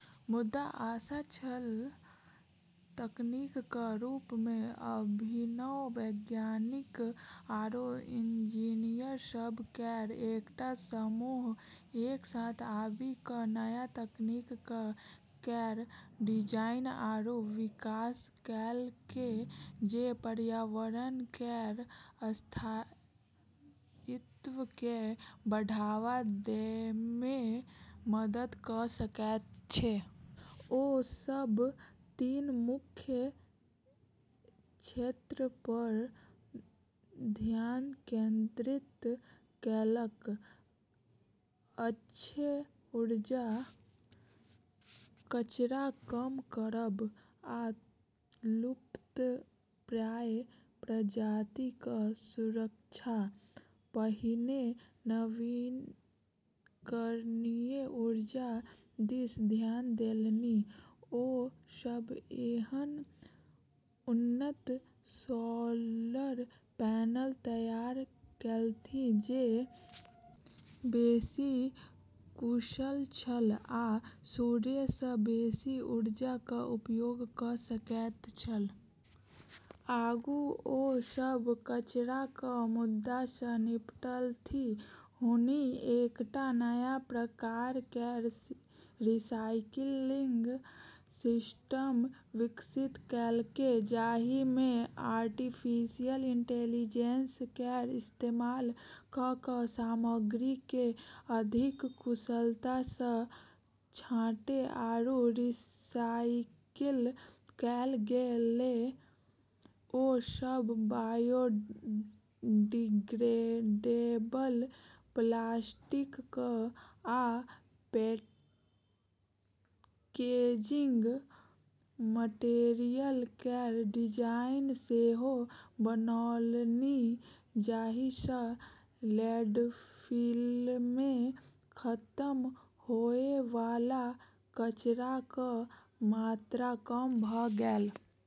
मुदा आशा छल - तकनीकक रूपमे। अभिनव वैज्ञानिक आरू इंजीनियर सभ केर एकटा समूह एक साथ आबी कऽ नया तकनीक केर डिजाइन आरू विकास कएलकै जे पर्यावरण केर स्थायित्वकेँ बढ़ावा दैमे मदद कऽ सकैत छै। ओ सब तीन मुख्य क्षेत्रपर ध्यान केंद्रित कएलक: अक्षय ऊर्जा, कचरा कम करब, आ लुप्तप्राय प्रजातिक सुरक्षा। पहिने नवीकरणीय ऊर्जा दिस ध्यान देलनि। ओ सब एहन उन्नत सोलर पैनल तैयार केलथि जे बेसी कुशल छल आ सूर्यसँ बेसी ऊर्जाक उपयोग कऽ सकैत छल। आगू ओ सब कचराक मुद्दासँ निपटलथि। हुनी एकटा नया प्रकार केर रीसाइक्लिंग सिस्टम विकसित कएलकै जाहिमे आर्टिफिशियल इंटेलिजेंस केर इस्तेमाल कऽ कऽ सामग्रीकेँ अधिक कुशलतासँ छाँटै आरू रिसाइकिल कएल गेलै। ओ सब बायोडिग्रेडेबल प्लास्टिक आ पैकेजिंग मटेरियल केर डिजाइन सेहो बनौलनि, जाहिंसँ लैंडफिलमे खतम होबैवाला कचराक मात्रा कम भऽ गेल।